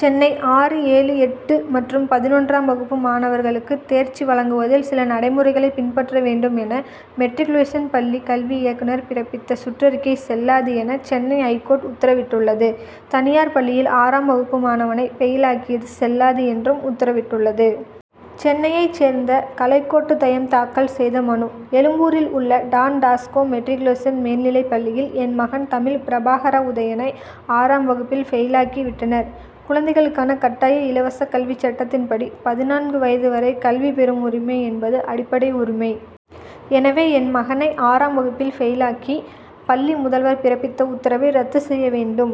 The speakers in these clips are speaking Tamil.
சென்னை ஆறு, ஏழு, எட்டு மற்றும் பதினொன்றாம் வகுப்பு மாணவர்களுக்கு தேர்ச்சி வழங்குவதில் சில நடைமுறைகளை பின்பற்ற வேண்டும் என, மெட்ரிகுலேஷன் பள்ளி கல்வி இயக்குனர் பிறப்பித்த சுற்றறிக்கை செல்லாது என, சென்னை ஐகோர்ட் உத்தரவிட்டுள்ளது. தனியார் பள்ளியில் ஆறாம் வகுப்பு மாணவனை பெயில் ஆக்கியது செல்லாது என்றும் உத்தரவிட்டுள்ளது. சென்னையைச் சேர்ந்த கலைக்கோட்டுதயம் தாக்கல் செய்த மனு: எழும்பூரில் உள்ள டான் பாஸ்கோ மெட்ரிகுலேஷன் மேல்நிலைப் பள்ளியில், என் மகன் தமிழ் பிரபாகர உதயனை ஆறாம் வகுப்பில், பெயில் ஆக்கி விட்டனர். குழந்தைகளுக்கான கட்டாய இலவச கல்விச் சட்டத்தின்படி, பதினான்கு வயது வரை கல்வி பெறும் உரிமை என்பது அடிப்படை உரிமை. எனவே, என் மகனை ஆறாம் வகுப்பில், பெயில் ஆக்கி, பள்ளி முதல்வர் பிறப்பித்த உத்தரவை ரத்து செய்ய வேண்டும்.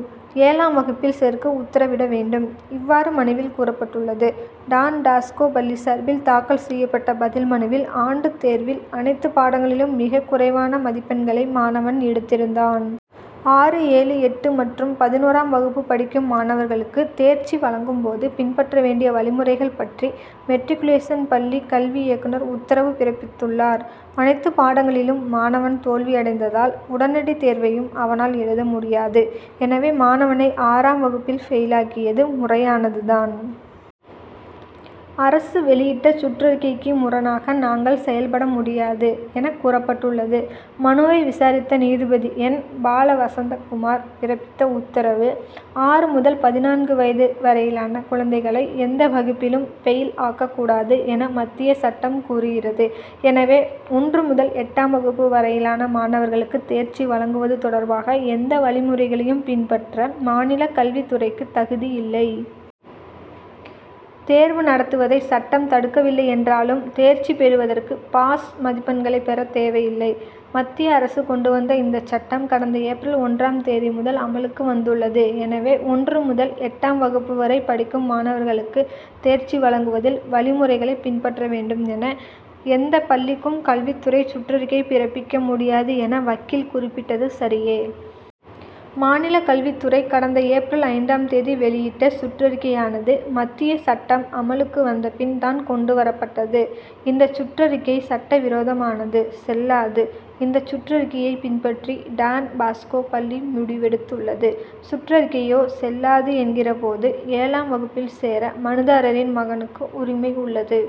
ஏழாம் வகுப்பில் சேர்க்க உத்தரவிட வேண்டும். இவ்வாறு மனுவில் கூறப்பட்டுள்ளது. டான் பாஸ்கோ பள்ளி சார்பில் தாக்கல் செய்யப்பட்ட பதில் மனுவில், ஆண்டு தேர்வில் அனைத்து பாடங்களிலும் மிகக் குறைவான மதிப்பெண்களை மாணவன் எடுத்திருந்தான். ஆறு, ஏழு, எட்டு மற்றும் பதினொன்றாம் வகுப்பு படிக்கும் மாணவர்களுக்கு தேர்ச்சி வழங்கும் போது, பின்பற்ற வேண்டிய வழிமுறைகள் பற்றி மெட்ரிகுலேஷன் பள்ளி கல்வி இயக்குனர் உத்தரவு பிறப்பித்துள்ளார். அனைத்து பாடங்களிலும் மாணவன் தோல்வியடைந்ததால், உடனடி தேர்வையும் அவனால் எழுத முடியாது. எனவே, மாணவனை ஆறாம் வகுப்பில் பெயிலாக்கியது முறையானது தான். அரசு வெளியிட்ட சுற்றறிக்கைக்கு முரணாக நாங்கள் செயல்பட முடியாது என கூறப்பட்டுள்ளது. மனுவை விசாரித்த நீதிபதி என். பால்வசந்தகுமார் பிறப்பித்த உத்தரவு: ஆறு முதல் பதினான்கு வயது வரையிலான குழந்தைகளை எந்த வகுப்பிலும், பெயில் ஆக்கக் கூடாது என மத்திய சட்டம் கூறுகிறது. எனவே, ஒன்று முதல் எட்டாம் வகுப்பு வரையிலான மாணவர்களுக்கு தேர்ச்சி வழங்குவது தொடர்பாக, எந்த வழிமுறைகளையும் பின்பற்ற மாநில கல்வித் துறைக்கு தகுதியில்லை. தேர்வு நடத்துவதை சட்டம் தடுக்கவில்லை என்றாலும், தேர்ச்சி பெறுவதற்கு, பாஸ் மதிப்பெண்களை பெற தேவையில்லை. மத்திய அரசு கொண்டு வந்த இந்தச் சட்டம், கடந்த ஏப்ரல் ஒன்றாம் தேதி முதல் அமலுக்கு வந்துள்ளது. எனவே, ஒன்று முதல் எட்டாம் வகுப்பு வரை படிக்கும் மாணவர்களுக்கு தேர்ச்சி வழங்குவதில், வழிமுறைகளை பின்பற்ற வேண்டும் என எந்த பள்ளிக்கும் கல்வித் துறை சுற்றறிக்கை பிறப்பிக்க முடியாது என வக்கீல் குறிப்பிட்டது சரியே. மாநில கல்வித்துறை கடந்த ஏப்ரல் ஐந்தாம் தேதி வெளியிட்ட சுற்றறிக்கையானது, மத்திய சட்டம் அமலுக்கு வந்த பின் தான் கொண்டு வரப்பட்டது. இந்தச் சுற்றறிக்கை சட்ட விரோதமானது, செல்லாது. இந்தச் சுற்றறிக்கையை பின்பற்றி, டான் பாஸ்கோ பள்ளி முடிவெடுத்துள்ளது. சுற்றறிக்கையே செல்லாது என்கிற போது, ஏழாம் வகுப்பில் சேர மனுதாரரின் மகனுக்கு உரிமை உள்ளது.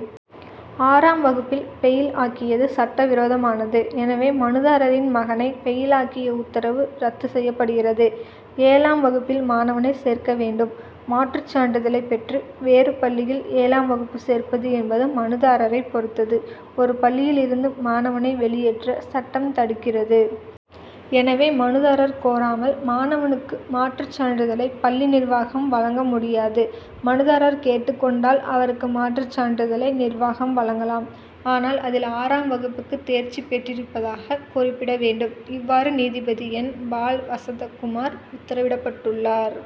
ஆறாம் வகுப்பில் பெயில் ஆக்கியது சட்டவிரோதமானது. எனவே, மனுதாரரின் மகனை பெயில் ஆக்கிய உத்தரவு ரத்து செய்யப்படுகிறது. ஏழாம் வகுப்பில் மாணவனை சேர்க்க வேண்டும். மாற்றுச் சான்றிதழை பெற்று வேறு பள்ளியில் ஏழாம் வகுப்பு சேர்ப்பது என்பது மனுதாரரைப் பொறுத்தது. ஒரு பள்ளியில் இருந்து மாணவனை வெளியேற்ற சட்டம் தடுக்கிறது. எனவே, மனுதாரர் கோராமல், மாணவனுக்கு மாற்றுச் சான்றிதழை பள்ளி நிர்வாகம் வழங்க முடியாது. மனுதாரர் கேட்டுக் கொண்டால், அவருக்கு மாற்றுச் சான்றிதழை நிர்வாகம் வழங்கலாம். ஆனால், அதில் ஆறாம் வகுப்புக்கு தேர்ச்சி பெற்றிருப்பதாக குறிப்பிட வேண்டும். இவ்வாறு நீதிபதி என். பால்வசந்தகுமார் உத்தரவிட்டுள்ளார்.